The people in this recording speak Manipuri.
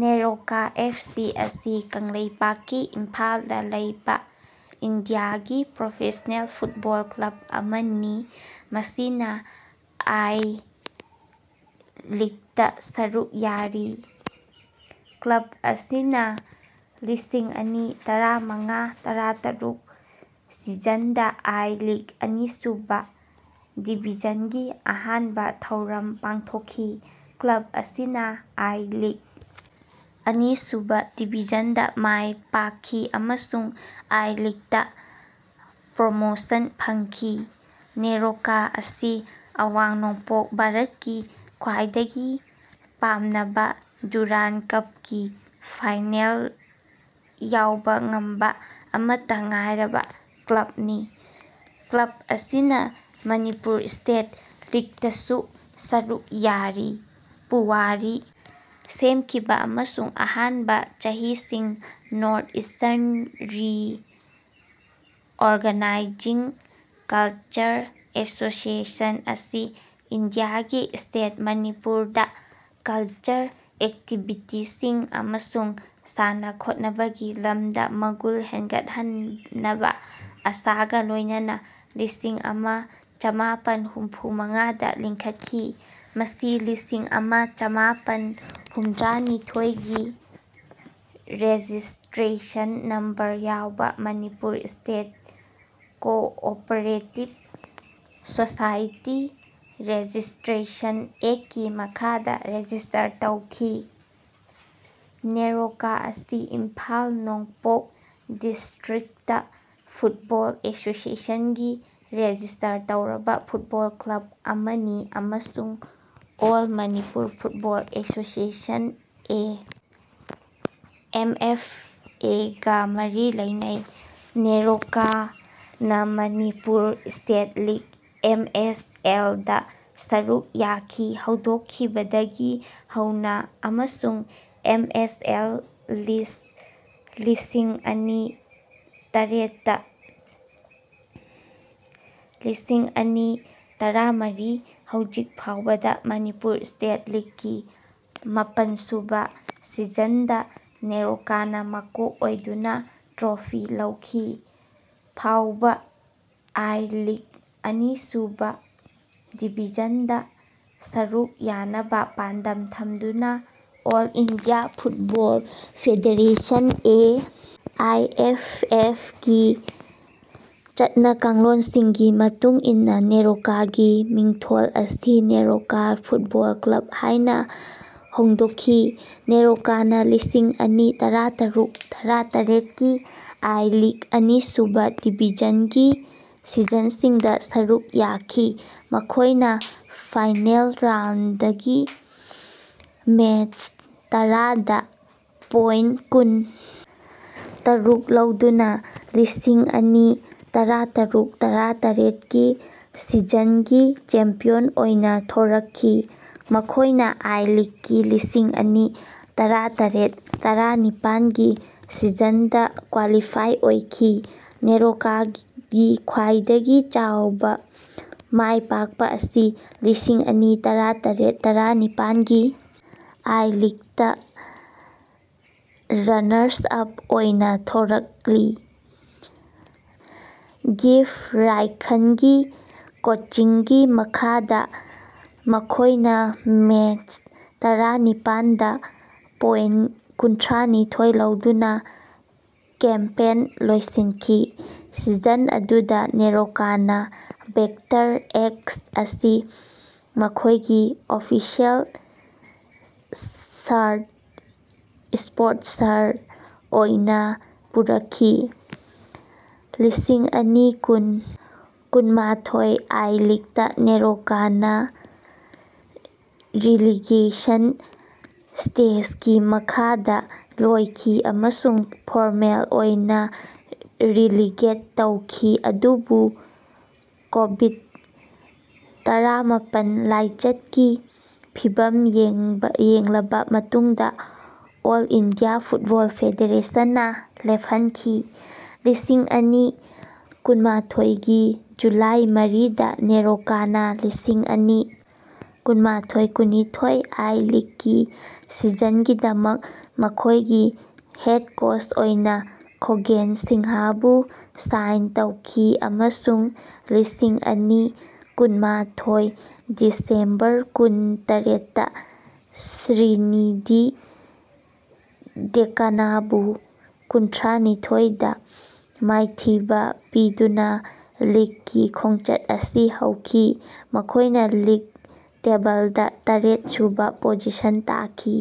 ꯅꯦꯔꯣꯀꯥ ꯑꯦꯐꯁꯤ ꯑꯁꯤ ꯀꯪꯂꯩꯄꯥꯛꯀꯤ ꯏꯝꯐꯥꯜꯗ ꯂꯩꯕꯥ ꯏꯟꯗꯤꯌꯥꯒꯤ ꯄ꯭ꯔꯣꯐꯦꯁꯅꯦꯜ ꯐꯨꯠꯕꯣꯜ ꯀ꯭ꯂꯕ ꯑꯃꯅꯤ ꯃꯁꯤꯅꯥ ꯑꯥꯏ ꯂꯤꯒꯇꯥ ꯁꯔꯨꯛ ꯌꯥꯔꯤ꯫ ꯀ꯭ꯂꯕ ꯑꯁꯤꯅꯥ ꯂꯤꯁꯤꯡ ꯑꯅꯤ ꯇꯔꯥꯃꯉꯥ ꯇꯔꯥꯇꯔꯨꯛ ꯁꯤꯖꯟꯗꯥ ꯑꯥꯏ ꯂꯤꯒ ꯑꯅꯤꯁꯨꯕꯥ ꯗꯤꯕꯤꯖꯟꯒꯤ ꯑꯍꯥꯟꯕ ꯊꯧꯔꯝ ꯄꯥꯡꯊꯣꯛꯈꯤ꯫ ꯀ꯭ꯂꯕ ꯑꯁꯤꯅꯥ ꯑꯥꯏ-ꯂꯤꯒ ꯑꯅꯤ ꯁꯨꯕꯥ ꯗꯤꯕꯤꯖꯟꯗꯥ ꯃꯥꯏ ꯄꯥꯛꯈꯤ ꯑꯃꯁꯨꯡ ꯑꯥꯏ ꯂꯤꯒꯇꯥ ꯄ꯭ꯔꯣꯃꯣꯁꯟ ꯐꯪꯈꯤ꯫ ꯅꯦꯔꯣꯀꯥ ꯑꯁꯤ ꯑꯋꯥꯡ ꯅꯣꯡꯄꯣꯛ ꯚꯥꯔꯠꯀꯤ ꯈ꯭ꯋꯥꯏꯗꯒꯤ ꯄꯥꯝꯅꯕ ꯗꯨꯔꯟ ꯀꯞꯀꯤ ꯐꯥꯏꯅꯦꯜ ꯌꯥꯎꯕ ꯉꯝꯕ ꯑꯃꯠꯇꯥ ꯉꯥꯏꯔꯕꯥ ꯀ꯭ꯂꯕꯅꯤ꯫ ꯀ꯭ꯂꯕ ꯑꯁꯤꯅꯥ ꯃꯅꯤꯄꯨꯔ ꯁ꯭ꯇꯦꯠ ꯂꯤꯒꯗꯁꯨ ꯁꯔꯨꯛ ꯌꯥꯔꯤ꯫ ꯄꯨꯋꯥꯔꯤ ꯁꯦꯝꯈꯤꯕ ꯑꯃꯁꯨꯡ ꯑꯍꯥꯟꯕ ꯆꯍꯤꯁꯤꯡ north eastern reorganising cultural association ꯑꯁꯤ ꯏꯟꯗꯤꯌꯥꯒꯤ ꯁ꯭ꯇꯦꯠ ꯃꯅꯤꯄꯨꯔꯗ ꯀꯜꯆꯔꯦꯜ ꯑꯦꯛꯇꯤꯕꯤꯇꯤꯁꯤꯡ ꯑꯃꯁꯨꯡ ꯁꯥꯟꯅ ꯈꯣꯠꯅꯕꯒꯤ ꯂꯝꯗꯥ ꯃꯒꯨꯟ ꯍꯦꯟꯒꯠꯍꯟꯅꯕ ꯑꯥꯁꯥꯒꯥ ꯂꯣꯏꯅꯅꯥ ꯂꯤꯁꯤꯡ ꯑꯃ ꯆꯃꯥꯄꯟ ꯍꯨꯝꯐꯨ ꯃꯉꯥꯗ ꯂꯤꯡꯈꯠꯈꯤ꯫ ꯃꯁꯤ ꯂꯤꯁꯤꯡ ꯑꯃ ꯆꯃꯥꯄꯟ ꯍꯨꯝꯗ꯭ꯔꯥꯅꯤꯊꯣꯏꯒꯤ ꯔꯦꯖꯤꯁꯇ꯭ꯔꯦꯁꯟ ꯅꯝꯕꯔ ꯌꯥꯎꯕ Manipur state cooperative society registration ꯑꯦꯛꯀꯤ ꯃꯈꯥꯗ ꯔꯦꯖꯤꯁ꯭ꯇꯔ ꯇꯧꯈꯤ꯫ ꯅꯦꯔꯣꯀꯥ ꯑꯁꯤ ꯏꯝꯐꯥꯜ ꯅꯣꯡꯄꯣꯛ ꯗꯤꯁ꯭ꯇꯔꯤꯛꯇ ꯐꯨꯠꯕꯣꯜ ꯑꯦꯁꯣꯁꯤꯑꯦꯁꯟꯒꯤ ꯔꯦꯖꯤꯁ꯭ꯇꯔ ꯇꯧꯔꯕ ꯐꯨꯠꯕꯣꯜ ꯀ꯭ꯂꯕ ꯑꯃꯅꯤ ꯑꯃꯁꯨꯡ all Manipur football association A. M. F. ꯑꯦ.ꯒꯥ ꯃꯔꯤ ꯂꯩꯅꯩ꯫ ꯅꯦꯔꯣꯀꯥꯅꯥ Manipur state league M. S. ꯑꯦꯜ.ꯗꯥ ꯁꯔꯨꯛ ꯌꯥꯈꯤ ꯍꯧꯗꯣꯛꯈꯤꯕꯗꯒꯤ ꯍꯧꯅꯥ ꯑꯃꯁꯨꯡ ꯑꯦꯝ. ꯑꯦꯁ. ꯑꯦꯜ. ꯂꯤꯁ ꯂꯤꯁꯤꯡ ꯑꯅꯤ ꯇꯔꯦꯠꯇ꯫ ꯂꯤꯁꯤꯡ ꯑꯅꯤ ꯇꯔꯥꯃꯔꯤ ꯍꯧꯖꯤꯛ ꯐꯥꯎꯕꯗ ꯃꯅꯤꯄꯨꯔ ꯁ꯭ꯇꯦꯠ ꯂꯤꯒ ꯒꯤ ꯃꯥꯄꯟ ꯁꯨꯕ ꯁꯤꯖꯟꯗꯥ ꯅꯦꯔꯣꯀꯥꯅꯥ ꯃꯀꯣꯛ ꯑꯣꯏꯗꯨꯅ ꯇ꯭ꯔꯣꯐꯤ ꯂꯧꯈꯤ꯫ ꯐꯥꯎꯕ ꯑꯥꯏ ꯂꯤꯒ ꯑꯅꯤꯁꯨꯕ ꯗꯤꯕꯤꯖꯟꯗ ꯁꯔꯨꯛ ꯌꯥꯅꯕ ꯄꯥꯟꯗꯝ ꯊꯝꯗꯨꯅꯥ all India football federation A. I. F. ꯑꯦꯐ.ꯒꯤ ꯆꯠꯅꯀꯥꯡꯂꯣꯟꯁꯤꯡꯒꯤ ꯃꯇꯨꯡ ꯏꯟꯅꯥ ꯅꯦꯔꯣꯀꯥꯒꯤ ꯃꯤꯡꯊꯣꯜ ꯑꯁꯤ ꯅꯦꯔꯣꯀꯥ ꯐꯨꯠꯕꯣꯜ ꯀ꯭ꯂꯕ ꯍꯥꯏꯅ ꯍꯣꯡꯗꯣꯛꯈꯤ꯫ ꯅꯦꯔꯣꯀꯥꯅꯥ ꯂꯤꯁꯤꯡ ꯑꯅꯤ ꯇꯔꯥꯇꯔꯨꯛ ꯇꯔꯥ ꯇꯔꯦꯠꯀꯤ ꯑꯥꯏ-ꯂꯤꯒ ꯑꯅꯤꯁꯨꯕ ꯗꯤꯕꯤꯖꯟꯒꯤ ꯁꯤꯖꯟꯁꯤꯡꯗ ꯁꯔꯨꯛ ꯌꯥꯈꯤ꯫ ꯃꯈꯣꯏꯅꯥ ꯐꯥꯏꯅꯦꯜ ꯔꯥꯎꯟꯗꯒꯤ ꯃꯦꯆ ꯇꯔꯥꯗ ꯄꯣꯏꯟꯇ ꯀꯨꯟ ꯇꯔꯨꯛ ꯂꯧꯗꯨꯅꯥ ꯂꯤꯁꯤꯡ ꯑꯅꯤ ꯇꯔꯥꯇꯔꯨꯛ ꯇꯔꯥ ꯇꯔꯦꯠꯀꯤ ꯁꯤꯖꯟꯒꯤ ꯆꯦꯝꯄꯤꯌꯟ ꯑꯣꯏꯅꯥ ꯊꯣꯔꯛꯈꯤ꯫ ꯃꯈꯣꯏꯅꯥ ꯑꯥꯏ ꯂꯤꯒꯀꯤ ꯂꯤꯁꯤꯡ ꯑꯅꯤ ꯇꯔꯥꯇꯔꯦꯠ ꯇꯔꯥ ꯅꯤꯄꯥꯟꯒꯤ ꯁꯤꯖꯟꯗꯥ ꯀ꯭ꯋꯥꯂꯤꯐꯥꯏ ꯑꯣꯏꯈꯤ꯫ ꯅꯦꯔꯣꯀꯥꯒꯤ ꯈ꯭ꯋꯥꯏꯗꯒꯤ ꯆꯥꯎꯕ ꯃꯥꯏꯄꯥꯛꯄꯥ ꯑꯁꯤ ꯂꯤꯁꯤꯡ ꯑꯅꯤ ꯇꯔꯥꯇꯔꯦꯠ ꯇꯔꯥ ꯅꯤꯄꯥꯟ ꯒꯤ ꯑꯥꯏ ꯂꯤꯒꯇꯥ ꯔꯅꯥꯔꯁ ꯑꯞ ꯑꯣꯏꯅꯥ ꯊꯣꯔꯛꯂꯤ꯫ ꯒꯤꯐ꯭ꯇ ꯔꯥꯏꯈꯥꯟꯒꯤ ꯀꯣꯆꯤꯡꯒꯤ ꯃꯈꯥꯗꯥ ꯃꯈꯣꯏꯅ ꯃꯦꯆ ꯇꯔꯥꯅꯤꯄꯥꯟꯗꯥ ꯄꯣꯏꯟꯇ ꯀꯨꯟꯊ꯭ꯔꯥꯅꯤꯊꯣꯏ ꯂꯧꯗꯨꯅꯥ ꯀꯦꯝꯄꯦꯟ ꯂꯣꯏꯁꯤꯟꯈꯤ꯫ ꯁꯤꯖꯟ ꯑꯗꯨꯗ ꯅꯦꯔꯣꯀꯥꯅꯥ ꯚꯦꯛꯇꯔ ꯑꯦꯛꯁ ꯑꯁꯤ ꯃꯈꯣꯏꯒꯤ ꯑꯣꯐꯤꯁꯤꯑꯦꯜ ꯁꯔꯠ ꯁ꯭ꯄꯣꯟꯁꯔ ꯑꯣꯏꯅꯥ ꯄꯨꯔꯛꯈꯤ꯫ ꯂꯤꯁꯤꯡ ꯑꯅꯤ ꯀꯨꯟ ꯀꯨꯟꯃꯥꯊꯣꯏ ꯑꯥꯏ-ꯂꯤꯒꯇꯥ ꯅꯦꯔꯣꯀꯥꯅꯥ ꯔꯤꯂꯤꯒꯦꯁꯟ ꯁ꯭ꯇꯦꯖꯒꯤ ꯃꯈꯥꯗꯥ ꯂꯣꯏꯈꯤ ꯑꯃꯁꯨꯡ ꯐꯣꯔꯃꯦꯜ ꯑꯣꯏꯅꯥ ꯔꯦꯂꯤꯒꯦꯠ ꯇꯧꯈꯤ ꯑꯗꯨꯕꯨ ꯀꯣꯕꯤꯗ ꯇꯔꯥꯃꯥꯄꯟ ꯂꯥꯏꯆꯠꯀꯤ ꯐꯤꯚꯝ ꯌꯦꯡꯂꯕ ꯃꯇꯨꯡꯗ ꯑꯣꯜ ꯏꯟꯗꯤꯌꯥ ꯐꯨꯠꯕꯣꯜ ꯐꯦꯗꯦꯔꯦꯁꯟ ꯅ ꯂꯦꯞꯍꯟꯈꯤ꯫ ꯂꯤꯁꯤꯡ ꯑꯅꯤ ꯀꯨꯟꯃꯥꯊꯣꯏꯒꯤ ꯖꯨꯂꯥꯏ ꯃꯔꯤꯗꯥ ꯅꯦꯔꯣꯀꯥꯅꯥ ꯂꯤꯁꯤꯡ ꯑꯅꯤ ꯀꯨꯟꯃꯥꯊꯣꯏ ꯀꯨꯟꯅꯤꯊꯣꯏ ꯑꯥꯏ ꯂꯤꯒꯀꯤ ꯁꯤꯖꯟꯒꯤꯗꯃꯛ ꯃꯈꯣꯏꯒꯤ ꯍꯦꯗ ꯀꯣꯆ ꯑꯣꯏꯅꯥ ꯈꯣꯒꯦꯟ ꯁꯤꯡꯍꯕꯨ ꯁꯥꯏꯟ ꯇꯧꯈꯤ ꯑꯃꯁꯨꯡ ꯂꯤꯁꯤꯡ ꯑꯅꯤ ꯀꯨꯟꯃꯥꯊꯣꯏ ꯗꯤꯁꯦꯝꯕꯔ ꯀꯨꯟ ꯇꯔꯦꯠꯇꯥ ꯁ꯭ꯔꯤꯅꯤꯗꯤ ꯗꯦꯛꯀꯥꯅꯕꯨ ꯀꯨꯟꯊ꯭ꯔꯥꯅꯤꯊꯣꯏꯗꯥ ꯃꯥꯏꯊꯤꯕ ꯄꯤꯗꯨꯅꯥ ꯂꯤꯒꯀꯤ ꯈꯣꯡꯆꯠ ꯑꯁꯤ ꯍꯧꯈꯤ꯫ ꯃꯈꯣꯏꯅꯥ ꯂꯤꯒ ꯇꯦꯕꯜꯗꯥ ꯇꯔꯦꯠ ꯁꯨꯕ ꯄꯣꯖꯤꯁꯟ ꯇꯥꯈꯤ꯫